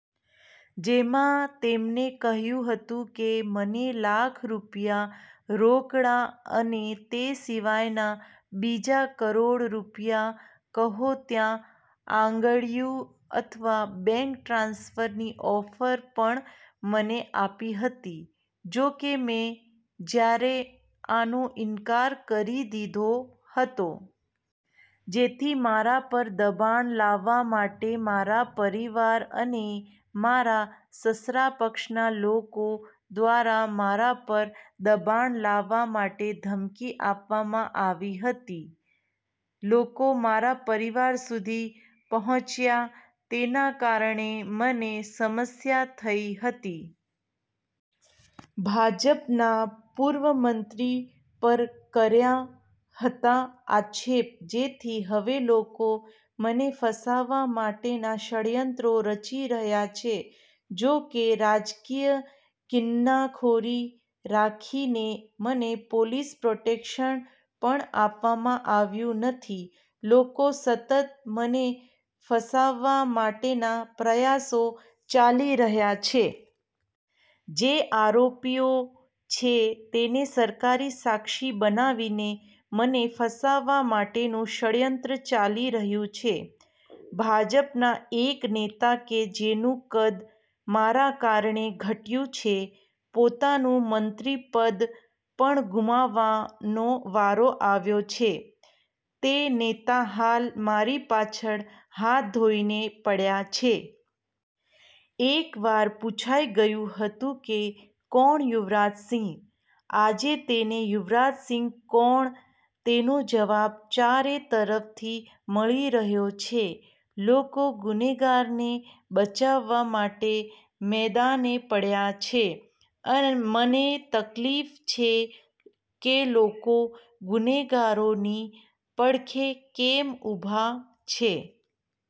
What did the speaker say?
જેમાં તેમણે કહ્યું હતું કે, મને લાખ રૂપિયા રોકડા અને તે સિવાયના બીજા કરોડ રૂપિયા કહો ત્યાં આંગડીયુ અથવા બેન્ક ટ્રાન્સફરની ઓફર પણ મને આપી હતી. જો કે મે જ્યારે આનો ઇન્કાર કરી દીધો હતો. જેથી મારા પર દબાણ લાવવા માટે મારા પરિવાર અને મારા સસરા પક્ષના લોકો દ્વારા મારા પર દબાણ લાવવા માટે ધમકી આપવામાં આવી હતી. લોકો મારા પરિવાર સુધી પહોંચ્યા તેના કારણે મને સમસ્યા થઇ હતી. ભાજપના પૂર્વ મંત્રી પર કર્યા હતા આક્ષેપ જેથી હવેલોકો મને ફસાવવા માટેના ષડયંત્રો રચી રહ્યા છે. જો કે રાજકીય કિન્નાખોરી રાખીને મને પોલીસ પ્રોટેક્શ પણ આપવામાં આવ્યું નથી. લોકો સતત મને ફસાવવા માટેના પ્રયાસો ચાલી રહ્યા છે. જે આરોપીઓ છે તેને સરકારી સાક્ષી બનાવીને મને ફસાવવા માટેનું ષડયંત્ર ચાલી રહ્યું છે. ભાજપના એક નેતા કે જેનું કદ મારા કારણે ઘટ્યું છે. પોતાનું મંત્રીપદ પણ ગુમાવવાનો વારો આવ્યો છે તે નેતા હાલ મારી પાછળ હાથ ધોઇને પડ્યા છે. એકવાર પુછાઇ ગયું હતું કે કોણ યુવરાજસિંહ? આજે તેને યુવરાજસિંહ કોણ તેનો જવાબ ચારે તરફથી મળી રહ્યો છે. લોકો ગુનેગારને બચાવવા માટે મેદાને પડ્યા છે. મને તકલીફ છે કેલોકો ગુનેગારોની પડખે કેમ ઉભા છે?